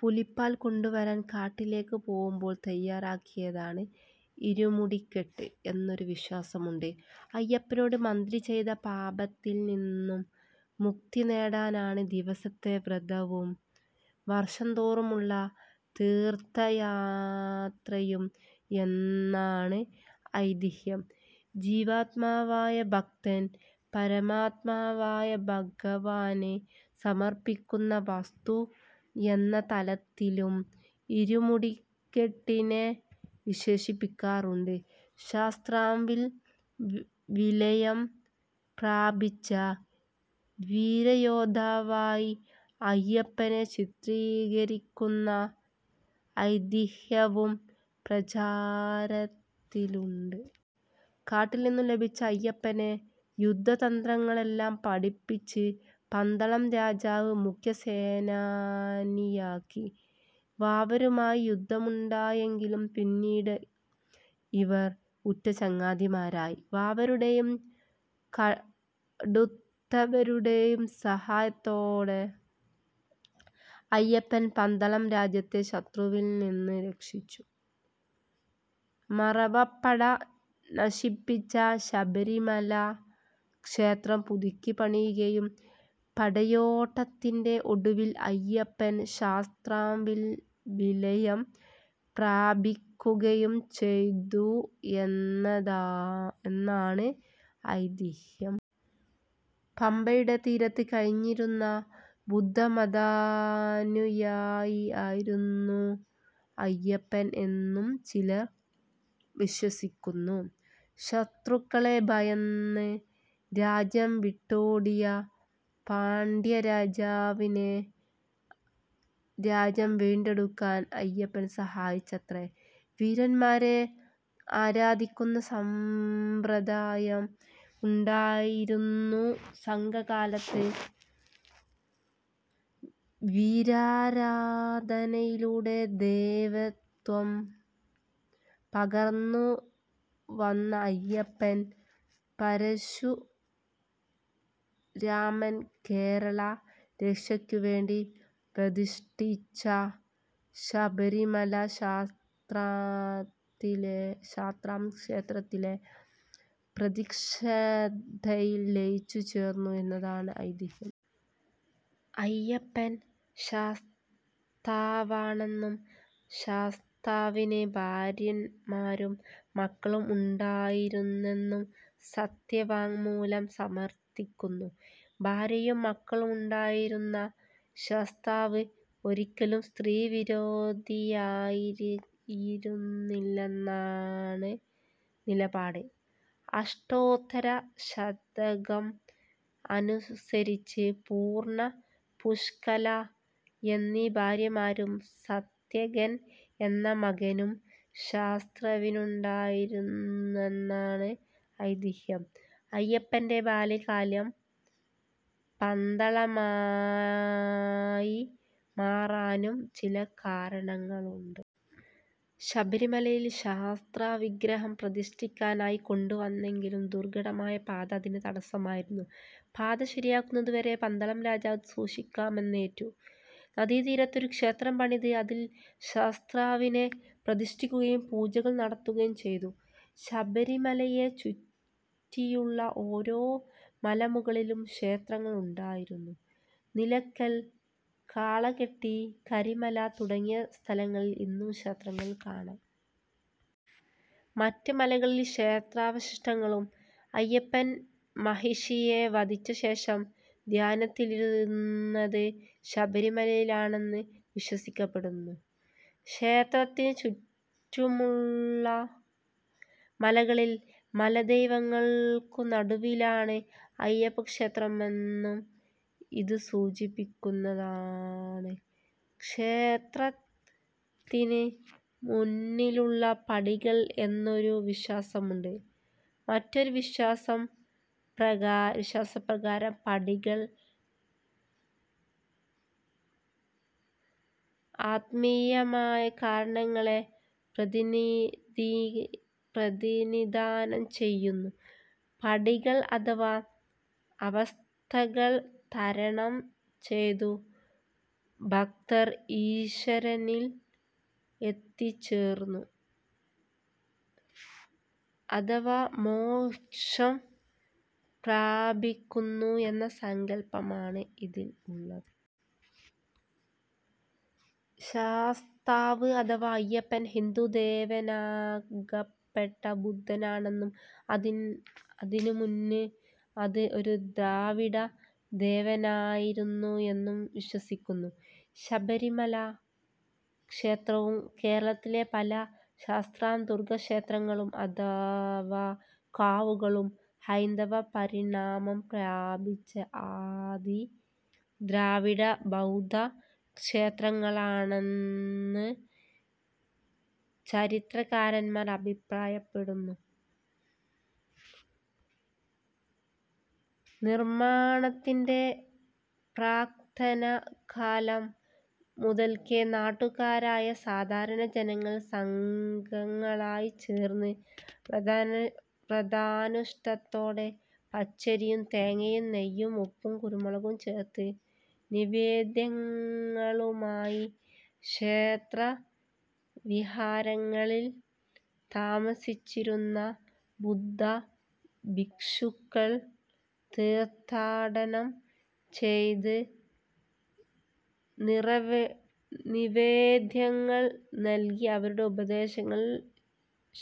പുലിപ്പാൽ കൊണ്ടുവരാൻ കാട്ടിലേക്ക് പോകുമ്പോൾ തയ്യാറാക്കിയതാണ് "ഇരുമുടിക്കെട്ട്" എന്നൊരു വിശ്വാസമുണ്ട്. അയ്യപ്പനോട് മന്ത്രി ചെയ്ത പാപത്തിൽ നിന്നും മുക്തി നേടാനാണ് ദിവസത്തെ വ്രതവും വർഷംതോറുമുള്ള തീർത്ഥയാത്രയും എന്നാണ് ഐതിഹ്യം. ജീവാത്മാവായ ഭക്തൻ പരമാത്മാവായ ഭഗവാന് സമർപ്പിക്കുന്ന വസ്തു എന്ന തലത്തിലും ഇരുമുടികെട്ടിനെ വിശേഷിപ്പിക്കാറുണ്ട്. ശാസ്താവിൽ വിലയം പ്രാപിച്ച വീരയോദ്ധാവായി അയ്യപ്പനെ ചിത്രീകരിക്കുന്ന ഐതിഹ്യവും പ്രചാരത്തിലുണ്ട്. കാട്ടിൽ നിന്നും ലഭിച്ച അയ്യപ്പനെ യുദ്ധതന്ത്രങ്ങളെല്ലാം പഠിപ്പിച്ച് പന്തളം രാജാവ് മുഖ്യസേനാനിയാക്കി. വാവരുമായി യുദ്ധമുണ്ടായെങ്കിലും പിന്നീട് ഇവർ ഉറ്റ ചങ്ങാതിമാരായി. വാവരുടെയും കടുത്തയുടെയും സഹായത്തോടെ അയ്യപ്പൻ പന്തളം രാജ്യത്തെ ശത്രുക്കളിൽ നിന്നും രക്ഷിച്ചു. മറവപ്പട നശിപ്പിച്ച ശബരിമല ക്ഷേത്രം പുതുക്കി പണിയുകയും പടയോട്ടത്തിന്റെ ഒടുവിൽ അയ്യപ്പൻ ശാസ്താവിൽ വിലയം പ്രാപിക്കുകയും ചെയ്തു എന്നാണ് ഐതിഹ്യം. പമ്പയുടെ തീരത്ത് കഴിഞ്ഞിരുന്ന ബുദ്ധമതാനുയായി ആയിരുന്നു അയ്യപ്പൻ എന്നും ചിലർ വിശ്വസിക്കുന്നു. ശത്രുക്കളെ ഭയന്ന് രാജ്യം വിട്ടോടിയ പാണ്ഡ്യരാജാവിനെ രാജ്യം വീണ്ടെടുക്കാൻ അയ്യപ്പൻ സഹായിച്ചത്രെ. വീരന്മാരെ ആരാധിക്കുന്ന സമ്പ്രദായം ഉണ്ടായിരുന്നു സംഘകാലത്ത് വീരാരാധനയിലൂടെ ദേവത്വം പകർന്നു വന്ന അയ്യപ്പൻ, പരശുരാമൻ കേരള രക്ഷയ്ക്കുവേണ്ടിപ്രതിഷ്ഠിച്ച ശബരിമല ശാസ്താക്ഷേത്രത്തിലെ പ്രതിഷ്ഠയിൽ ലയിച്ചു ചേർന്നു എന്നാണ് ഐതിഹ്യം. അയ്യപ്പൻ ശാസ്താവാണെന്നും ശാസ്താവിന് ഭാര്യമാരും മക്കളും ഉണ്ടായിരുന്നെന്നും സത്യവാങ്മൂലം സമർത്ഥിക്കുന്നു. ഭാര്യയും മക്കളുമുണ്ടായിരുന്ന ശാസ്താവ് ഒരിക്കലും സ്ത്രീ വിരോധിയായിരുന്നില്ലെന്നാണ് നിലപാട്. അഷ്ടോത്തര ശതകം അനുസരിച്ച് പൂർണ്ണ, പുഷ്കല എന്നീ ഭാര്യമാരും സത്യകൻ എന്ന മകനും ശാസ്താവിനുണ്ടായിരുന്നെന്നാണ് ഐതിഹ്യം. അയ്യപ്പന്റെ ബാല്യകാലം പന്തളമായി മാറാനും ചില കാരണങ്ങളുണ്ട്. ശബരിമലയിൽ ശാസ്താവിഗ്രഹം പ്രതിഷ്ഠിക്കാനായി കൊണ്ടു വന്നെങ്കിലും ദുർഘടമായ പാത അതിന് തടസമായിരുന്നു. പാത ശരിയാകുന്നതുവരെ പന്തളം രാജാവ് അത് സൂക്ഷിക്കാമെന്നേറ്റു. നദീതീരത്ത് ഒരു ക്ഷേത്രം പണിത് അതിൽ ശാസ്താവിനെ പ്രതിഷ്ഠിക്കുകയും പൂജകൾ നടത്തുകയും ചെയ്തു. ശബരിമലയെ ചുറ്റിയുള്ള ഓരോ മലമുകളിലും ക്ഷേത്രങ്ങൾ ഉണ്ടായിരുന്നു. നിലക്കൽ, കാളകെട്ടി, കരിമല തുടങ്ങിയ സ്ഥലങ്ങളിൽ ഇന്നും ക്ഷേത്രങ്ങൾ കാണാം. മറ്റ് മലകളിൽ ക്ഷേത്രാവശിഷ്ടങ്ങളും. അയ്യപ്പൻ മഹിഷിയെ വധിച്ച ശേഷം ധ്യാനത്തിലിരുന്നത് ശബരിമലയിലാണെന്ന് വിശ്വസിക്കപ്പെടുന്നു. ക്ഷേത്രത്തിനു ചുറ്റുമുള്ള മലകളിലെ മലദൈവങ്ങൾക്കു നടുവിലാണ് അയ്യപ്പക്ഷേത്രമെന്നും ഇത് സൂചിപ്പിക്കുന്നതാണ് ക്ഷേത്രത്തിന് മുന്നിലുള്ള പടികൾ എന്നൊരു വിശ്വാസമുണ്ട്. മറ്റൊരു വിശ്വാസപ്രകാരം പടികൾ ആത്മീയമായ കാര്യങ്ങളെ പ്രതിനിധാനം ചെയ്യുന്നു. പടികൾ അഥവാ അവസ്ഥകൾ തരണം ചെയ്തു ഭക്തർ ഈശ്വരനിൽ എത്തിച്ചേരുന്നു അഥവാ മോക്ഷം പ്രാപിക്കുന്നു എന്ന സങ്കൽപ്പമാണ് ഇതിൽ ഉള്ളത്. ശാസ്താവ് അഥവാ അയ്യപ്പൻ ഹിന്ദു ദേവനാക്കപ്പെട്ട ബുദ്ധനാണെന്നും, അതിനു മുന്ന് അത് ഒരു ദ്രാവിഡ ദേവനായിരുന്നു എന്നും വിശ്വസിക്കുന്നു. ശബരിമല ക്ഷേത്രവും കേരളത്തിലെ പല ശാസ്താ-ദുർഗ്ഗക്ഷേത്രങ്ങളും, അഥവാ കാവുകളും ഹൈന്ദവപരിണാമം പ്രാപിച്ച ആദി ദ്രാവിഡ-ബൗദ്ധ ക്ഷേത്രങ്ങളാണെന്ന് ചരിത്രകാരന്മാർ അഭിപ്രായപ്പെടുന്നു നിർമ്മാണത്തിന്റെ പ്രാക്തനകാലം മുതൽക്കേ നാട്ടുകാരായ സാധാരണ ജനങ്ങൾ സംഘങ്ങളായിച്ചേർന്ന് വ്രതാനുഷ്ഠാനത്തോടെ പച്ചരിയും തേങ്ങയും നെയ്യും ഉപ്പും കുരുമുളകും ചേർന്ന നിവേദ്യങ്ങളുമായി ക്ഷേത്രവിഹാരങ്ങളിൽ താമസിച്ചിരുന്ന ബുദ്ധഭിക്ഷുക്കൾ തീർത്ഥാടനം ചെയ്ത് നിവേദ്യങ്ങൾ നൽകി അവരുടെ ഉപദേശങ്ങൾ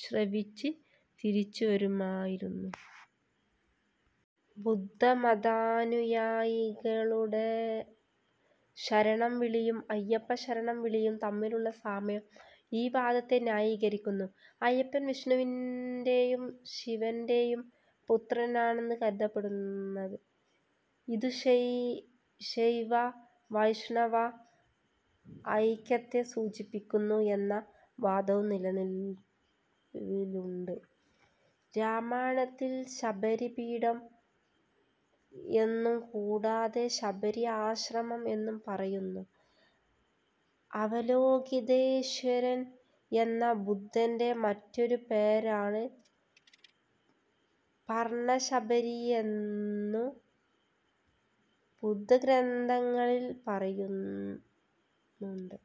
ശ്രവിച്ച് തിരിച്ചുവരുമായിരുന്നു. ബുദ്ധമതാനുയായികളുടെ ശരണം വിളിയും അയ്യപ്പ ശരണം വിളിയും തമ്മിലുള്ള സാമ്യം ഈ വാദത്തെ ന്യായീകരിക്കുന്നു. അയ്യപ്പൻ വിഷ്ണുവിന്റേയും ശിവന്റേയും പുത്രനായാണു കരുതപ്പെടുന്നത്. ഇതു ശൈവ-വൈഷ്ണവ ഐക്യത്തെ സൂചിപ്പിക്കുന്നു എന്ന വാദവും നിലവിലുണ്ട്. രാമായണത്തിൽ ശബരിപീഠം എന്നും കൂടാതെ ശബരി ആശ്രമം എന്നും പറയുന്നു. അവലോകിതേശ്വരൻ എന്ന ബുദ്ധന്റെ മറ്റൊരു പേരാണു പർണ്ണശബരി എന്നു ബുദ്ധഗ്രന്ഥങ്ങളിൽ പറയുന്നുണ്ട്.